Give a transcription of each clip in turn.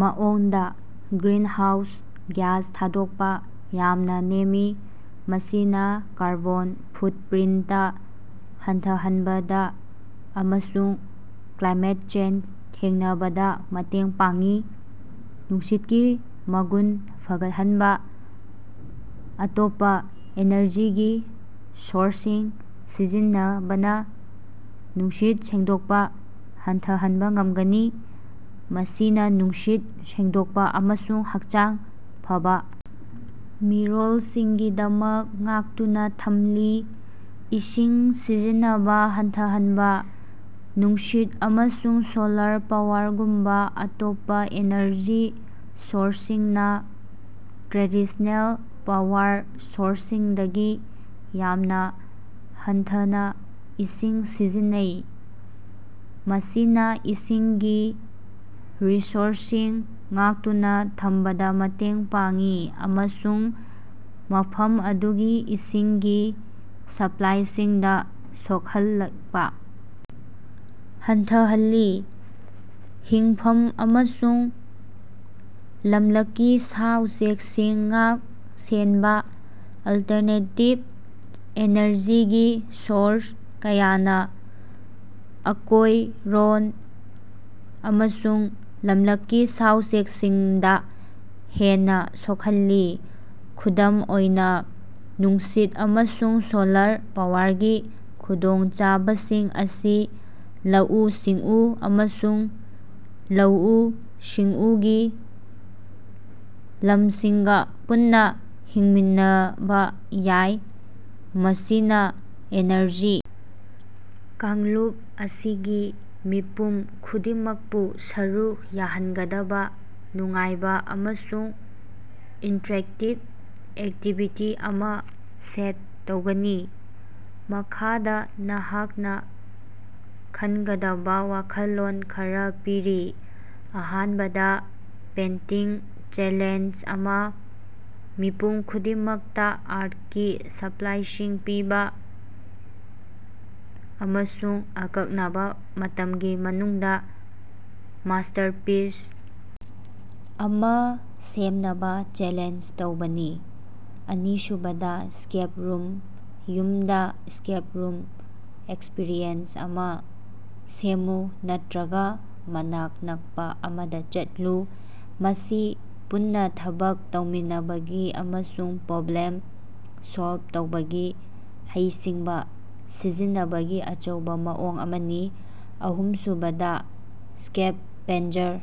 ꯃꯑꯣꯡꯗꯥ greenhouse gas ꯊꯥꯗꯣꯛꯄꯥ ꯌꯥꯝꯅꯥ ꯅꯦꯝꯃꯤ꯫ ꯃꯁꯤꯅꯥ ꯀꯥꯔꯕꯣꯟ ꯐꯨꯠꯄ꯭ꯔꯤꯟꯇ ꯍꯟꯊꯍꯟꯕꯗꯥ ꯑꯃꯁꯨꯡ ꯀ꯭ꯂꯥꯏꯃꯦꯠ ꯆꯦꯟꯖ ꯊꯦꯡꯅꯕꯗꯥ ꯃꯇꯦꯡ ꯄꯥꯡꯏ꯫ ꯅꯨꯡꯁꯤꯠꯀꯤ ꯃꯒꯨꯟ ꯐꯒꯠꯍꯟꯕꯥ: ꯑꯇꯣꯞꯄꯥ ꯏꯅꯔꯖꯤꯒꯤ ꯁꯣꯔꯁꯁꯤꯡ ꯁꯤꯖꯤꯟꯅꯕꯅꯥ ꯅꯨꯡꯁꯤꯠ ꯁꯦꯡꯗꯣꯛꯄꯥ ꯍꯟꯊꯍꯟꯕꯥ ꯉꯝꯒꯅꯤ, ꯃꯁꯤꯅꯥ ꯅꯨꯡꯁꯤꯠ ꯁꯦꯡꯗꯣꯛꯄꯥ ꯑꯃꯁꯨꯡ ꯍꯛꯆꯥꯡ ꯐꯕꯥ ꯃꯤꯔꯣꯜꯁꯤꯡꯒꯤꯗꯃꯛ ꯉꯥꯛꯇꯨꯅꯥ ꯊꯝꯂꯤ꯫ ꯏꯁꯤꯡ ꯁꯤꯖꯤꯟꯅꯕꯥ ꯍꯟꯊꯍꯟꯕꯥ: ꯅꯨꯡꯁꯤꯠ ꯑꯃꯁꯨꯡ ꯁꯣꯂꯥꯔ ꯄꯥꯋꯔꯒꯨꯝꯕꯥ ꯑꯇꯣꯞꯄꯥ ꯏꯅꯔꯖꯤ ꯁꯣꯔꯁꯁꯤꯡꯅꯥ ꯇ꯭ꯔꯦꯗꯤꯁꯅꯦꯜ ꯄꯥꯋꯔ ꯁꯣꯔꯁꯁꯤꯡꯗꯒꯤ ꯌꯥꯝꯅꯥ ꯍꯟꯊꯅꯥ ꯏꯁꯤꯡ ꯁꯤꯖꯤꯟꯅꯩ꯫ ꯃꯁꯤꯅꯥ ꯏꯁꯤꯡꯒꯤ ꯔꯤꯁꯣꯔꯁꯁꯤꯡ ꯉꯥꯛꯇꯨꯅꯥ ꯊꯝꯕꯗꯥ ꯃꯇꯦꯡ ꯄꯥꯡꯏ ꯑꯃꯁꯨꯡ ꯃꯐꯝ ꯑꯗꯨꯒꯤ ꯏꯁꯤꯡꯒꯤ ꯁꯄ꯭ꯂꯥꯏꯁꯤꯡꯗꯥ ꯁꯣꯛꯍꯜꯂꯛꯄꯥ ꯍꯟꯊꯍꯜꯂꯤ꯫ ꯍꯤꯡꯐꯝ ꯑꯃꯁꯨꯡ ꯂꯝꯂꯛꯀꯤ ꯁꯥ-ꯎꯆꯦꯛꯁꯤꯡ ꯉꯥꯛ-ꯁꯦꯟꯕꯥ: ꯑꯜꯇꯔꯅꯦꯇꯤꯚ ꯑꯦꯅꯔꯖꯤꯒꯤ ꯁꯣꯔꯁ ꯀꯌꯥꯅꯥ ꯑꯀꯣꯏꯔꯣꯟ ꯑꯃꯁꯨꯡ ꯂꯝꯂꯛꯀꯤ ꯁꯥ-ꯎꯆꯦꯛꯁꯤꯡꯗꯥ ꯍꯦꯟꯅꯥ ꯁꯣꯛꯍꯜꯂꯤ꯫ ꯈꯨꯗꯝ ꯑꯣꯏꯅꯥ, ꯅꯨꯡꯁꯤꯠ ꯑꯃꯁꯨꯡ ꯁꯣꯂꯥꯔ ꯄꯥꯋꯔꯒꯤ ꯈꯨꯗꯣꯡꯆꯥꯕꯁꯤꯡ ꯑꯁꯤ ꯂꯧꯎ-ꯁꯤꯡꯎ ꯑꯃꯁꯨꯡ ꯂꯧꯎ-ꯁꯤꯡꯎꯒꯤ ꯂꯝꯁꯤꯡꯒꯥ ꯄꯨꯟꯅꯥ ꯍꯤꯡꯃꯤꯟꯅꯕꯥ ꯌꯥꯏ, ꯃꯁꯤꯅꯥ ꯏꯅꯔꯖꯤ ꯀꯥꯡꯂꯨꯞ ꯑꯁꯤꯒꯤ ꯃꯤꯄꯨꯝ ꯈꯨꯗꯤꯡꯃꯛꯄꯨ ꯁꯔꯨꯛ ꯌꯥꯍꯟꯒꯗꯕꯥ ꯅꯨꯡꯉꯥꯏꯕꯥ ꯑꯃꯁꯨꯡ ꯏꯟꯇ꯭ꯔꯦꯛꯇꯤꯕ ꯑꯦꯛꯇꯤꯕꯤꯇꯤ ꯑꯃꯥ ꯁꯖꯦꯁ ꯇꯧꯒꯅꯤ꯫ ꯃꯈꯥꯗꯥ ꯅꯍꯥꯛꯅꯥ ꯈꯟꯅꯒꯗꯕꯥ ꯋꯥꯈꯜꯂꯣꯟ ꯈꯔꯥ ꯄꯤꯔꯤ: ꯑꯍꯥꯟꯕꯗ ꯄꯦꯟꯇꯤꯡ ꯆꯦꯂꯦꯟꯖ ꯑꯃꯥ: ꯃꯤꯄꯨꯝ ꯈꯨꯗꯤꯡꯃꯛꯇꯥ ꯑꯥꯔꯠꯀꯤ ꯁꯄ꯭ꯂꯥꯏꯁꯤꯡ ꯄꯤꯕꯥ ꯑꯃꯁꯨꯡ ꯑꯀꯛꯅꯕꯥ ꯃꯇꯝꯒꯤ ꯃꯅꯨꯡꯗꯥ ꯃꯥꯁꯇꯔꯄꯤꯁ ꯑꯃꯥ ꯁꯦꯝꯅꯕꯥ ꯆꯦꯂꯦꯟꯖ ꯇꯧꯕꯥꯅꯤ꯫ ꯑꯅꯤꯁꯨꯕꯗ ꯁ꯭ꯀꯦꯞ ꯔꯨꯝ: ꯌꯨꯝꯗꯥ ꯁ꯭ꯀꯦꯞ ꯔꯨꯝ ꯑꯦꯛꯁꯄꯤꯔꯤꯑꯦꯟꯁ ꯑꯃꯥ ꯁꯦꯝꯃꯨ ꯅꯠꯇ꯭ꯔꯒꯥ ꯃꯅꯥꯛ ꯅꯛꯄꯥ ꯑꯃꯗꯥ ꯆꯠꯂꯨ꯫ ꯃꯁꯤ ꯄꯨꯟꯅꯥ ꯊꯕꯛ ꯇꯧꯃꯤꯟꯅꯕꯒꯤ ꯑꯃꯁꯨꯡ ꯄ꯭ꯔꯣꯕ꯭ꯂꯦꯝ ꯁꯣꯜꯕ ꯇꯧꯕꯒꯤ ꯍꯩꯁꯤꯡꯕꯥ ꯁꯤꯖꯤꯟꯅꯕꯒꯤ ꯑꯆꯧꯕꯥ ꯃꯑꯣꯡ ꯑꯃꯅꯤ꯫ ꯑꯍꯨꯝꯁꯨꯕꯗꯥ ꯁ꯭ꯀꯦꯚꯦꯟꯖꯔ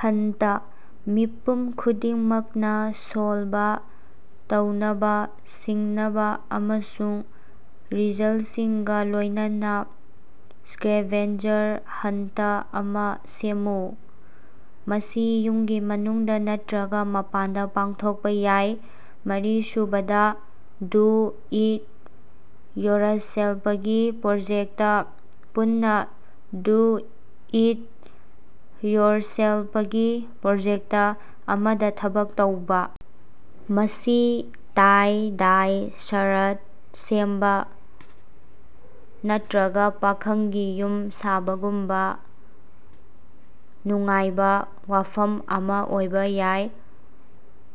ꯍꯟꯇ: ꯃꯤꯄꯨꯝ ꯈꯨꯗꯤꯡꯃꯛꯅꯥ ꯁꯣꯜꯕ ꯇꯧꯅꯕꯥ ꯁꯤꯡꯅꯕꯥ ꯑꯃꯁꯨꯡ ꯔꯤꯖꯜꯁꯤꯡꯒꯥ ꯂꯣꯏꯅꯅꯥ ꯁ꯭ꯀꯦꯚꯦꯟꯖꯔ ꯍꯟꯇ ꯑꯃꯥ ꯁꯦꯝꯃꯨ꯫ ꯃꯁꯤ ꯌꯨꯝꯒꯤ ꯃꯅꯨꯡꯗꯥ ꯅꯠꯇ꯭ꯔꯒꯥ ꯃꯄꯥꯟꯗꯥ ꯄꯥꯡꯊꯣꯛꯄꯥ ꯌꯥꯏ꯫ ꯃꯔꯤꯁꯨꯕꯗ ꯗꯨ ꯏꯠ ꯌꯣꯔꯁꯦꯜꯄꯒꯤ ꯄ꯭ꯔꯣꯖꯦꯛꯇ: ꯄꯨꯟꯅꯥ ꯗꯨ ꯏꯠ ꯌꯣꯔꯁꯦꯜꯄꯒꯤ ꯄ꯭ꯔꯣꯖꯦꯛꯇ ꯑꯃꯗꯥ ꯊꯕꯛ ꯇꯧꯕꯥ꯫ ꯃꯁꯤ ꯇꯥꯏ-ꯗꯥꯏ ꯁꯔꯠ ꯁꯦꯝꯕꯥ ꯅꯠꯇ꯭ꯔꯒꯥ ꯄꯥꯈꯪꯒꯤ ꯌꯨꯝ ꯁꯥꯕꯒꯨꯝꯕꯥ ꯅꯨꯡꯉꯥꯏꯕꯥ ꯋꯥꯐꯝ ꯑꯃꯥ ꯑꯣꯏꯕꯥ ꯌꯥꯏ꯫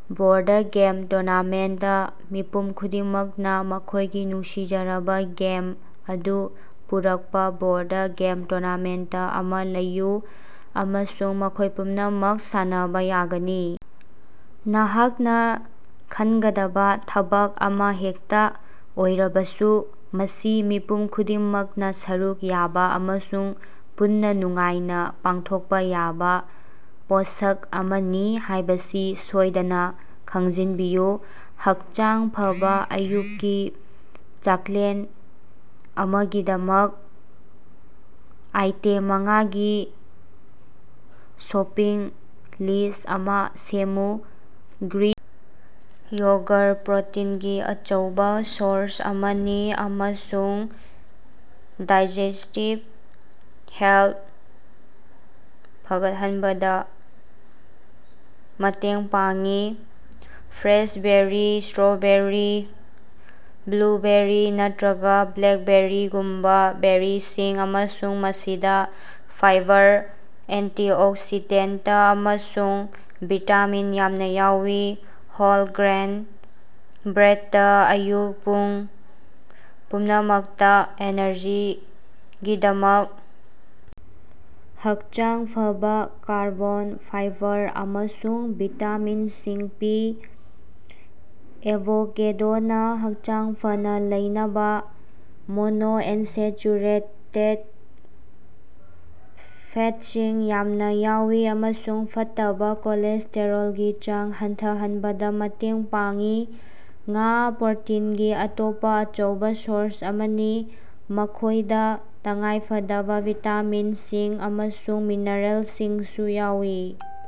ꯕꯣꯔꯗ ꯒꯦꯝ ꯇꯨꯔꯅꯥꯃꯦꯟꯇ: ꯃꯤꯄꯨꯝ ꯈꯨꯗꯤꯡꯃꯛꯅꯥ ꯃꯈꯣꯏꯒꯤ ꯅꯨꯡꯁꯤꯖꯔꯕꯥ ꯒꯦꯝ ꯑꯗꯨ ꯄꯨꯔꯛꯄꯥ ꯕꯣꯔꯗ ꯒꯦꯝ ꯇꯨꯔꯅꯥꯃꯦꯟꯇ ꯑꯃꯥ ꯂꯩꯌꯨ, ꯑꯃꯁꯨꯡ ꯃꯈꯣꯏ ꯄꯨꯝꯅꯃꯛ ꯁꯥꯟꯅꯕꯥ ꯌꯥꯒꯅꯤ꯫ ꯅꯍꯥꯛꯅꯥ ꯈꯟꯒꯗꯕꯥ ꯊꯕꯛ ꯑꯃꯥ ꯍꯦꯛꯇꯥ ꯑꯣꯏꯔꯕꯁꯨ, ꯃꯁꯤ ꯃꯤꯄꯨꯝ ꯈꯨꯗꯤꯡꯃꯛꯅꯥ ꯁꯔꯨꯛ ꯌꯥꯕꯥ ꯑꯃꯁꯨꯡ ꯄꯨꯟꯅꯥ ꯅꯨꯡꯉꯥꯏꯅꯥ ꯄꯥꯡꯊꯣꯛꯄꯥ ꯌꯥꯕꯥ ꯄꯣꯠꯁꯛ ꯑꯃꯅꯤ ꯍꯥꯏꯕꯁꯤ ꯁꯣꯏꯗꯅꯥ ꯈꯪꯖꯤꯟꯕꯤꯌꯨ꯫ ꯍꯛꯆꯥꯡ ꯐꯕꯥ ꯑꯌꯨꯛꯀꯤ ꯆꯥꯛꯂꯦꯟ ꯑꯃꯒꯤꯗꯃꯛ ꯑꯥꯏꯇꯦꯝ ꯃꯉꯥꯒꯤ ꯁꯣꯄꯤꯡ ꯂꯤꯁ ꯑꯃꯥ ꯁꯦꯝꯃꯨ꯫ ꯒ꯭ꯔꯤꯛ ꯌꯣꯒꯔ ꯄ꯭ꯔꯣꯇꯤꯟꯒꯤ ꯑꯆꯧꯕꯥ ꯁꯣꯔꯁ ꯑꯃꯅꯤ ꯑꯃꯁꯨꯡ ꯗꯥꯏꯖꯦꯁꯇꯤꯚ ꯍꯦꯜꯊ ꯐꯒꯠꯍꯟꯕꯗꯥ ꯃꯇꯦꯡ ꯄꯥꯡꯏ ꯐ꯭ꯔꯦꯁ ꯕꯦꯔꯤ ꯏꯁꯇ꯭ꯔꯣꯕꯦꯔꯤ, ꯕ꯭ꯂꯨꯕꯦꯔꯤ ꯅꯠꯇ꯭ꯔꯒꯥ ꯕ꯭ꯂꯦꯛꯕꯦꯔꯤꯒꯨꯝꯕꯥ ꯕꯦꯔꯤꯁꯤꯡ ꯑꯃꯁꯨꯡ ꯃꯁꯤꯗꯥ ꯐꯥꯏꯕꯔ, ꯑꯦꯟꯇꯤꯑꯣꯛꯁꯤꯗꯦꯟꯇ ꯑꯃꯁꯨꯡ ꯚꯤꯇꯥꯃꯤꯟ ꯌꯥꯝꯅꯥ ꯌꯥꯎꯏ꯫ ꯍꯣꯜ ꯒ꯭ꯔꯦꯟ ꯕ꯭ꯔꯦꯗ ꯑꯌꯨꯛ ꯄꯨꯡ ꯄꯨꯝꯅꯃꯛꯇꯥ ꯑꯦꯅꯔꯖꯤꯒꯤꯗꯃꯛ ꯍꯛꯆꯥꯡ ꯐꯕꯥ ꯀꯥꯔꯕꯣꯟ, ꯐꯥꯏꯕꯔ ꯑꯃꯁꯨꯡ ꯚꯤꯇꯥꯃꯤꯟꯁꯤꯡ ꯄꯤ꯫ ꯑꯦꯚꯣꯀꯦꯗꯣꯅ ꯍꯛꯆꯥꯡ ꯐꯅꯥ ꯂꯩꯅꯕꯥ ꯃꯣꯅꯣꯑꯟꯁꯦꯆꯨꯔꯦꯇꯦꯗ ꯐꯦꯠꯁꯤꯡ ꯌꯥꯝꯅꯥ ꯌꯥꯎꯏ ꯑꯃꯁꯨꯡ ꯐꯠꯇꯕꯥ ꯀꯣꯂꯦꯁꯇꯦꯔꯣꯜꯒꯤ ꯆꯥꯡ ꯍꯟꯊꯍꯟꯕꯗꯥ ꯃꯇꯦꯡ ꯄꯥꯡꯏ꯫ ꯉꯥ – ꯄ꯭ꯔꯣꯇꯤꯟꯒꯤ ꯑꯇꯣꯞꯄꯥ ꯑꯆꯧꯕꯥ ꯁꯣꯔꯁ ꯑꯃꯅꯤ, ꯃꯈꯣꯏꯗꯥ ꯇꯉꯥꯏꯐꯗꯕꯥ ꯚꯤꯇꯥꯃꯤꯟꯁꯤꯡ ꯑꯃꯁꯨꯡ ꯃꯤꯅꯔꯦꯜꯁꯤꯡꯁꯨ ꯌꯥꯎꯏ꯫